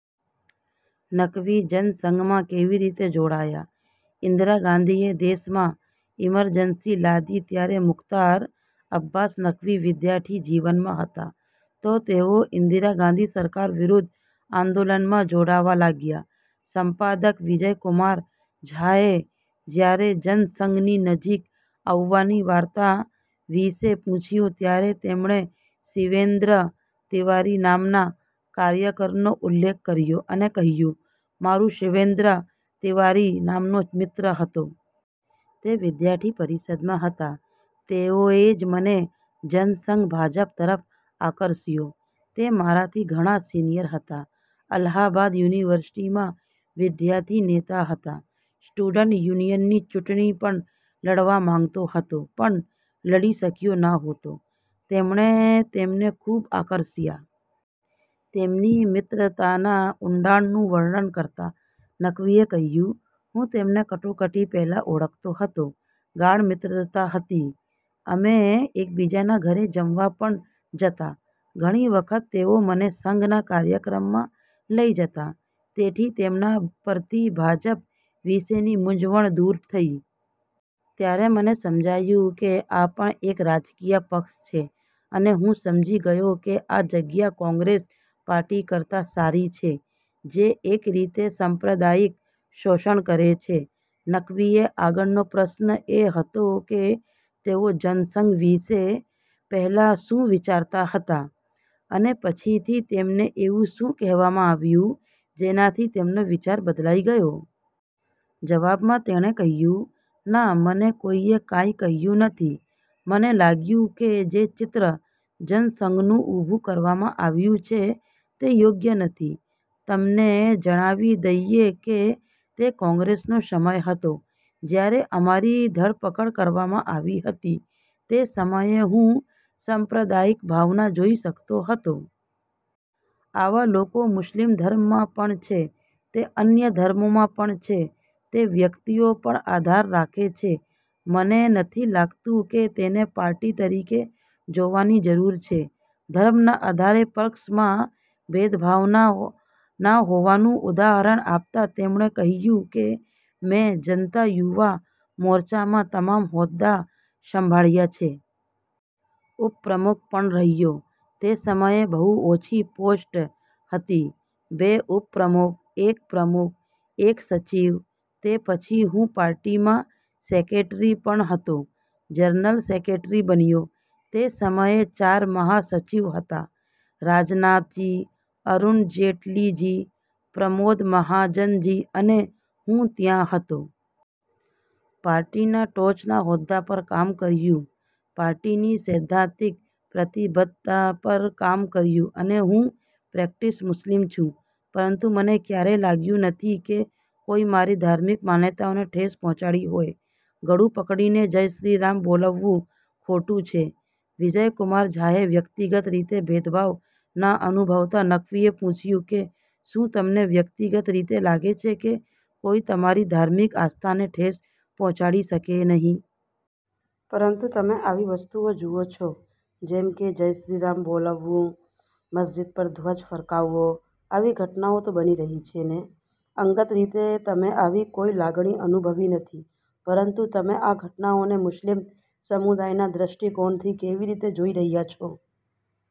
નકવી જનસંઘમાં કેવી રીતે જોડાયા? ઈન્દિરા ગાંધીએ દેશમાં ઈમરજન્સી લાદી ત્યારે મુખ્તાર અબ્બાસ નકવી વિદ્યાર્થી જીવનમાં હતા. તો, તેઓ ઇન્દિરા ગાંધી સરકાર વિરુદ્ધ આંદોલનમાં જોડાવા લાગ્યા. સંપાદક વિજય કુમાર ઝાએ જ્યારે જનસંઘની નજીક આવવાની વાર્તા વિશે પૂછ્યું, ત્યારે તેમણે શિવેન્દ્ર તિવારી નામના કાર્યકરનો ઉલ્લેખ કર્યો અને કહ્યું, "મારો શિવેન્દ્ર તિવારી નામનો મિત્ર હતો. તે વિદ્યાર્થી પરિષદમાં હતા. તેઓએ જ મને જનસંઘ/ભાજપ તરફ આકર્ષ્યો. તે મારાથી ઘણા સિનિયર હતા. અલ્હાબાદ યુનિવર્સિટીમાં વિદ્યાર્થી નેતા હતા. સ્ટુડન્ટ યુનિયનની ચૂંટણી પણ લડવા માંગતો હતો, પણ લડી શક્યો નહોતો. તેમણે તેમને ખૂબ આકર્ષ્યા. તેમની મિત્રતાના ઊંડાણનું વર્ણન કરતાં, નકવીએ કહ્યું, "હું તેમને કટોકટી પહેલા ઓળખતો હતો. ગાઢ મિત્રતા હતી. અમે એકબીજાના ઘરે જમવા પણ જતા. ઘણી વખત તેઓ મને સંઘના કાર્યક્રમમાં લઈ જતા. તેથી તેમના પરથી ભાજપ વિશેની મૂંઝવણ દૂર થઈ. ત્યારે મને સમજાયું કે, આ પણ એક રાજકીય પક્ષ છે અને હું સમજી ગયો કે, આ જગ્યા કોંગ્રેસ પાર્ટી કરતા સારી છે, જે એક રીતે સાંપ્રદાયિક શોષણ કરે છે. નકવીને આગળનો પ્રશ્ન એ હતો કે, તેઓ જનસંઘ વિશે પહેલા શું વિચારતા હતા અને પછીથી તેમને એવું શું કહેવામાં આવ્યું, જેનાથી તેમનો વિચાર બદલાઈ ગયો? જવાબમાં, તેણે કહ્યું, "ના! મને કોઈએ કાઈ કહ્યું નથી. મને લાગ્યું કે જે ચિત્ર જનસંઘનું ઉભુ કરવામાં આવ્યું છે તે યોગ્ય નથી. તમને જણાવી દઈએ કે, તે કોંગ્રેસનો સમય હતો, જ્યારે અમારી ધરપકડ કરવામાં આવી હતી, તે સમયે હું સાંપ્રદાયિક ભાવના જોઈ શકતો હતો. આવા લોકો મુસ્લિમ ધર્મમાં પણ છે. તે અન્ય ધર્મોમાં પણ છે. તે વ્યક્તિઓ પર આધાર રાખે છે. મને નથી લાગતું કે, તેને પાર્ટી તરીકે જોવાની જરૂર છે. " ધર્મના આધારે પક્ષમાં ભેદભાવ ન હોવાનું ઉદાહરણ આપતાં તેમણે કહ્યું કે, "મેં જનતા યુવા મોરચામાં તમામ હોદ્દા સંભાળ્યા છે. ઉપપ્રમુખ પણ રહ્યો. તે સમયે બહુ ઓછી પોસ્ટ હતી. બે ઉપપ્રમુખ, એક પ્રમુખ, એક સચિવ, તે પછી હું પાર્ટીમાં સેક્રેટરી પણ હતો. જનરલ સેક્રેટરી બન્યો. તે સમયે ચાર મહાસચિવ હતા, રાજનાથ જી, અરુણ જેટલી જી, પ્રમોદ મહાજન જી અને હું ત્યાં હતો. પાર્ટીના ટોચના હોદ્દા પર કામ કર્યું. પાર્ટીની સૈદ્ધાંતિક પ્રતિબદ્ધતા પર કામ કર્યું. અને હું પ્રેક્ટિસ મુસ્લિમ છું. પરંતુ મને ક્યારેય લાગ્યું નથી કે, કોઈ મારી ધાર્મિક માન્યતાઓને ઠેસ પહોંચાડી હોય. " 'ગળું પકડીને જય શ્રી રામ બોલવવું ખોટું છે' વિજય કુમાર ઝાએ વ્યક્તિગત રીતે ભેદભાવ ન અનુભવતા નકવીને પૂછ્યું કે, શું તમને વ્યક્તિગત રીતે લાગે છે કે, કોઈ તમારી ધાર્મિક આસ્થાને ઠેસ પહોંચાડી શકે નહીં. પરંતુ તમે આવી વસ્તુઓ જુઓ છો, જેમ કે- જય શ્રી રામ બોલાવવું, મસ્જિદ પર ધ્વજ ફરકાવવો, આવી ઘટનાઓ તો બની રહી છે ને? અંગત રીતે, તમે આવી કોઈ લાગણી અનુભવી નથી. પરંતુ તમે આ ઘટનાઓને મુસ્લિમ સમુદાયના દૃષ્ટિકોણથી કેવી રીતે જોઈ રહ્યા છો?